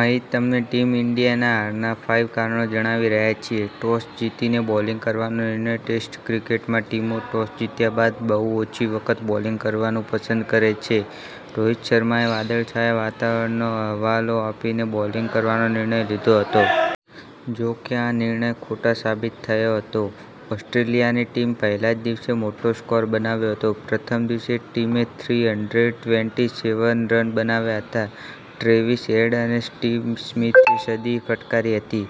અહીં તમને ટીમ ઇન્ડિયાના હારના ફાઈવ કારણો જણાવી રહ્યા છીએ. ટોસ જીતીને બોલિંગ કરવાનો નિર્ણય ટેસ્ટ ક્રિકેટમાં ટીમો ટોસ જીત્યા બાદ બહુ ઓછી વખત બોલિંગ કરવાનું પસંદ કરે છે. રોહિત શર્માએ વાદળછાયા વાતાવરણનો હવાલો આપીને બોલિંગ કરવાનો નિર્ણય લીધો હતો. જોકે આ નિર્ણય ખોટો સાબિત થયો હતો. ઓસ્ટ્રેલિયાની ટીમે પહેલા જ દિવસે મોટો સ્કોર બનાવ્યો હતો. પ્રથમ દિવસે ટીમે three hundred twenty seven run બનાવ્યા હતા. ટ્રેવિસ હેડ અને સ્ટીવ સ્મિથે સદી ફટકારી હતી.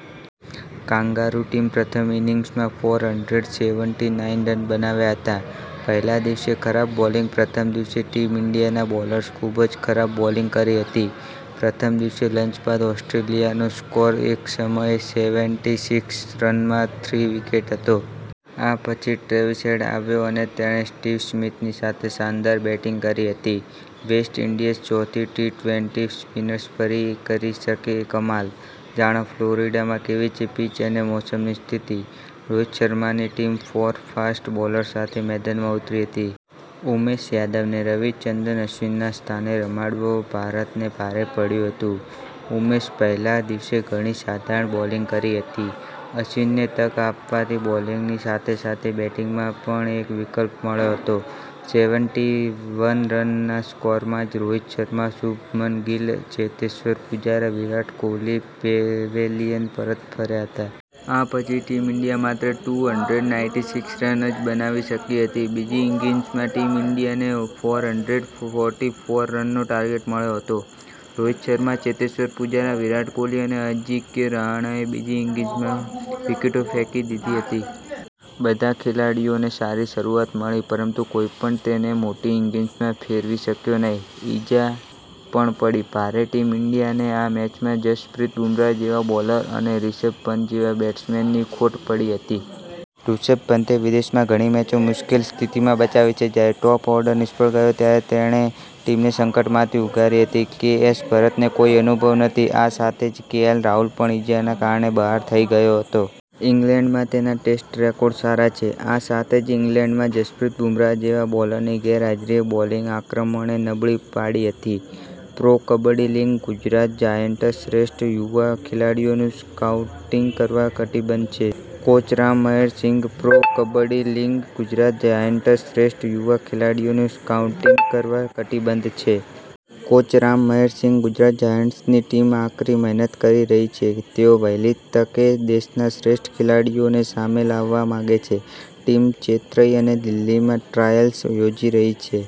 કાંગારુ ટીમે પ્રથમ ઇનિંગ્સમાં four hundred sixty nine run બનાવ્યા હતા. પહેલા દિવસે ખરાબ બોલિંગ પ્રથમ દિવસે ટીમ ઈન્ડિયાના બોલર્સે ખૂબ જ ખરાબ બોલિંગ કરી હતી. પ્રથમ દિવસે લંચ બાદ ઓસ્ટ્રેલિયાનો સ્કોર એક સમયે સેવેનટી સિક્સ રનમાં થ્રી વિકેટ હતો. આ પછી ટ્રેવિસ હેડ આવ્યો અને તેણે સ્ટિવ સ્મિથની સાથે શાનદાર બેટિંગ કરી હતી. વેસ્ટ ઇન્ડીઝ ચોથી ટી-ટ્વેન્ટી સ્પિનર્સ ફરી કરી શકે કમાલ, જાણો ફ્લોરિડામાં કેવી છે પિચ અને મોસમની સ્થિતિ? રોહિત શર્માની ટીમ ફોર ફાસ્ટ બોલર સાથે મેદાનમાં ઉતરી હતી. ઉમેશ યાદવને રવિચંદ્રન અશ્વિનના સ્થાને રમાવડો ભારતને ભારે પડ્યું હતું. ઉમેશે પહેલા દિવસે ઘણી સાધારણ બોલિંગ કરી હતી. અશ્વિનને તક આપવાથી બોલિંગની સાથે સાથે બેટિંગમાં પણ એક વિકલ્પ મળ્યો હોત. સેવેનટી વન રનના સ્કોરમાં જ રોહિત શર્મા, શુભમન ગિલ, ચેતેશ્વર પૂજારા, વિરાટ કોહલી પેવેલિયન પરત ફર્યા હતા. આ પછી ટીમ ઈન્ડિયા માત્ર two hundred ninety six run જ બનાવી શકી હતી. બીજી ઈનિંગ્સમાં ટીમ ઈન્ડિયાને ફોર હંડ્રેડ ફોર્ટી ફોર રનનો ટાર્ગેટ મળ્યો હતો. રોહિત શર્મા, ચેતેશ્વર પૂજારા, વિરાટ કોહલી અને અજિંક્ય રહાણેએ બીજી ઇનિંગ્સમાં વિકેટો ફેંકી દીધી હતી. બધા ખેલાડીઓને સારી શરૂઆત મળી પરંતુ કોઇ પણ તેને મોટી ઇનિંગ્સમાં ફેરવી શક્યો નહીં. ઈજા પણ પડી ભારે ટીમ ઇન્ડિયાને આ મેચમાં જસપ્રીત બુમરાહ જેવા બોલર અને રિષભ પંત જેવા બેટ્સમેનની ખોટ પડી હતી. ઋષભ પંતે વિદેશમાં ઘણી મેચો મુશ્કેલ સ્થિતિમાંથી બચાવી છે. જ્યારે ટોપ ઓર્ડર નિષ્ફળ ગયો ત્યારે તેણે ટીમને સંકટમાંથી ઉગારી હતી. કે. એસ. ભરતને કોઈ અનુભવ નથી. આ સાથે જ કેએલ રાહુલ પણ ઇજાના કારણે બહાર થઇ ગયો હતો. ઇંગ્લેન્ડમાં તેના ટેસ્ટ રેકોર્ડ સારા છે. આ સાથે જ ઈંગ્લેન્ડમાં જસપ્રીત બુમરાહ જેવા બોલરની ગેરહાજરીએ બોલિંગ આક્રમણને નબળી પાડી હતી. Pro Kabaddi league, Gujarat Giants શ્રેષ્ઠ યુવા ખેલાડીઓનું સ્કાઉટિંગ કરવા કટિબદ્ધ છે. કોચ રામ મહેર Singh pro Kabaddi league, Gujarat Giants શ્રેષ્ઠ યુવા ખેલાડીઓનું સ્કાઉટિંગ કરવા કટિબદ્ધ છે. કોચ રામ મહેર સિંઘ, ગુજરાત જાયન્ટ્સની ટીમ આકરી મહેનત કરી રહી છે. તેઓ વહેલી તકે દેશના શ્રેષ્ઠ ખેલાડીઓને સામે લાવવા માગે છે. ટીમ ચેન્નઈ અને દિલ્હીમાં ટ્રાયલ્સ યોજી રહી છે.